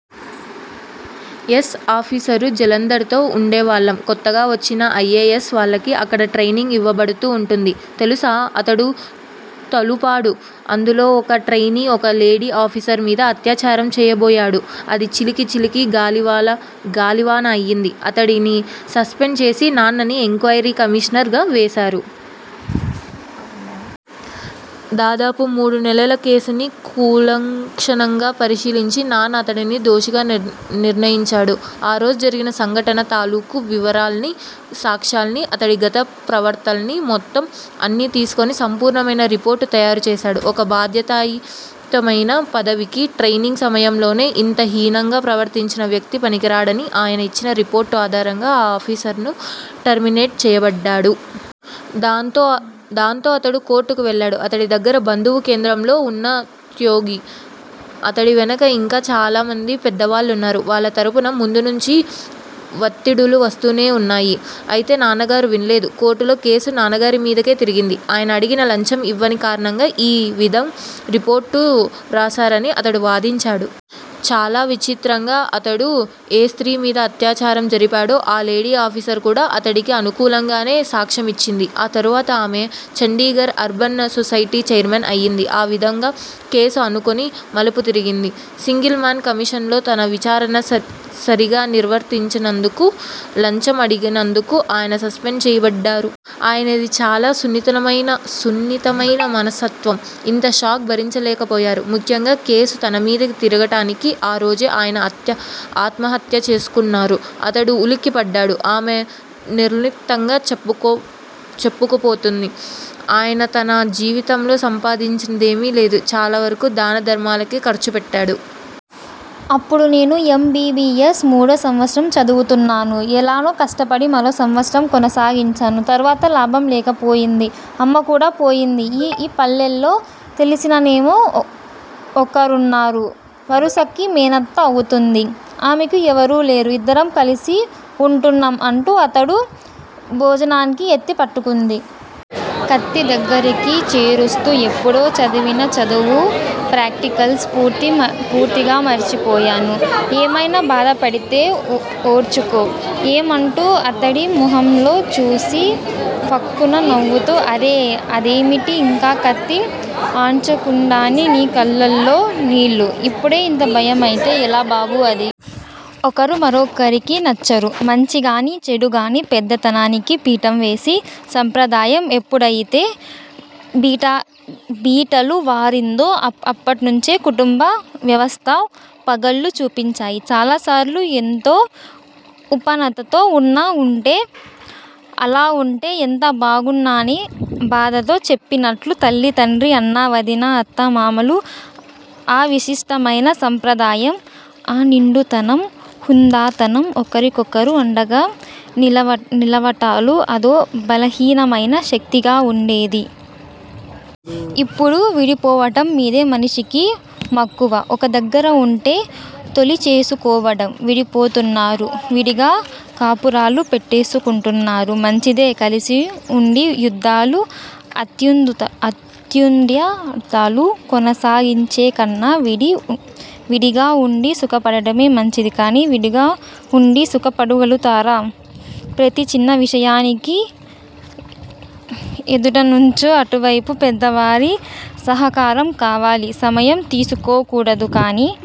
Yes. Officer Jalandhar లో వుండేవాళ్ళం కొత్తగా వచ్చిన ఐ. ఎ. యస్. వాళ్ళకి అక్కడ ట్రెయినింగ్ ఇవ్వబడుతూ వుంటుంది. తెలుసా?. అతడు తలూపాడు. అందులో ఒక ట్రెయినీ ఒక లేడీ ఆఫీసర్ మీద అత్యాచారం చెయ్యబోయాడు. అది చిలికి చిలికి గాలివాన అయ్యింది. అతడిని సస్పెండ్ చేసి నాన్నని ఎంక్వయిరీ కమీషనర్ గా వేశారు. దాదాపు మూడు నెలల కేసుని కూలంకషంగా పరిశీలించి నాన్న అతడిని దోషిగా నిర్ణయించాడు. ఆ రోజు జరిగిన సంఘటన తాలూకు వివరాల్నీ, సాక్ష్యాల్నీ, అతడి గత ప్రవర్తనని, మొత్తం అన్నీ తీసుకుని సంపూర్ణమైన రిపోర్టు తయారు చేశాడు. ఒక బాధ్యతాయుతమైన పదవికి, ట్రెయినింగ్ సమయంలోనే ఇంత హీనంగా ప్రవర్తించిన వ్యక్తి పనికిరాడని ఆయన ఇచ్చిన రిపోర్టు ఆధారంగా ఆ ఆఫీసరు టెర్మినేట్ చెయ్యబడ్డాడు. దాంతో అతడు కోర్టుకి వెళ్ళాడు. అతడి దగ్గిర బంధువు కేంద్రంలో ఉన్నతోద్యోగి. అతడి వెనక ఇంకా చాలామంది పెద్దవాళ్ళున్నారు. వాళ్ళ తరఫున ముందు నుంచీ వత్తిడులు వస్తూనే వున్నాయి. అయితే నాన్నగారు వినలేదు. కోర్టులో కేసు నాన్నగారి మీదకే తిరిగింది. ఆయన అడిగిన లంచం ఇవ్వని కారణంగా ఈ విధంగ్ రిపోర్టు వ్రాశారని అతడు వాదించాడు. చాలా విచిత్రంగా అతడు ఏ స్త్రీ మీద అత్యాచారం జరిపాడో, ఆ లేడీ ఆఫీసర్ కూడా అతడికి అనుకూలంగానే సాక్ష్యమిచ్చింది. ఆ తరువాత ఆమె చండీగర్ అర్బన్ సొసైటీ ఛైర్మన్ అయింది. ఆ విధంగా కేసు అనుకోని మలుపు తిరిగింది. సింగిల్ మాన్ కమిషన్ లో తన విచారణ సరిగా నిర్వర్తించనందుకూ, లంచం అడిగినందుకూ ఆయన సస్పెండ్ చేయబడ్డారు. ఆయనది చాలా సున్నితమైన మనస్తత్వం! ఇంత షాక్ భరించలేకపోయారు. ముఖ్యంగా కేసు తన మీదికి తిరగటాన్ని ఆ రోజే ఆయన ఆత్మహత్య చేసుకున్నారు అతడు ఉలిక్కిపడ్డాడు. ఆమె నిర్లిప్తంగా చెప్పుకుపోతుంది. ఆయన తన జీవితంలో సంపాదించినదేమీ లేదు. చాలా వరకు దాన ధర్మాలకే ఖర్చు పెట్టాడు. అప్పుడు నేను యం. బి. బి. యస్. మూడో సంవత్సరం చదువుతున్నాను. ఎలాగో కష్టపడి మరో సంవత్సరం కొనసాగించాను. తరువాత లాభం లేకపోయింది. అమ్మ కూడ పోయింది. ఈ పల్లెలో తెలిసినామె ఒకరున్నారు. వరుసకి మేనత్త అవుతుంది. ఆమెకి ఎవరూ లేరు. ఇద్దరం కలిసి ఉంటున్నాం అంటూ అతడి భోజనాన్ని ఎత్తి పట్టుకుంది. కత్తి దగ్గిరకి చేరుస్తూ ఎప్పుడో చదివిన చదువు, ప్రాక్టికల్స్ పూర్తిగా మర్చిపోయాను. ఏమైనా బాధపడితే ఓర్చుకో- ఏం అంటూ అతడి మొహంలోకి చూసి, ఫక్కున నవ్వుతూ అరె- అదేమిటి- ఇంకా కత్తి ఆన్చకుండానే నీ కళ్లలో నీళ్ళు? ఇప్పుడే ఇంత భయమైతే ఎలా బాబూ అంది. ఒకరు మరొకరికి నచ్చరు. మంచిగానీ, చెడుగానీ, పెద్దతనానికి పీఠం వేసే సంప్రదాయం ఎప్పుడయితే బీటలువారిందో అప్పట్నుంచే కుటుంబ వ్యవస్థ పగళ్ళు చూపించాయి. చాలాసార్లు ఎంతో ఉపనతో, అలా వుంటే ఎంత బావున్ననే బాధలో చెప్పినట్లు తల్లి తండ్రి, అన్నా వదినా, అత్తా మామలు, ఆ విశిష్టమైన సంప్రదాయం, ఆ నిండుతనం, హుందాతనం, ఒకరికొకరు అండగా నిలవటాలు అదో బలీయమైన శక్తిగా వుండేది. ఇప్పుడు విడిపోవటం మీదే మనిషికి మక్కువ. ఒక దగ్గర వుంటే తొలిచేసుకోవటాలు. విడిపోతున్నారు. విడిగా కాపురాలు పెట్టేసుకుంటున్నారు. మంచిదే కలిసి వుండి యుద్దాలు, అంతర్యుద్దాలు కొనసాగించేకన్నా విడిగా వుండి సుఖపడటమే మంచిది. కాని విడిగా వుండి సుఖపడగలుగుతున్నారా? ప్రతి చిన్న విషయానికి ఎదుటనుంచో అటువైపు పెద్దవారి సహకారం కావాలి. సహాయం తీసుకోకూడదు. కాని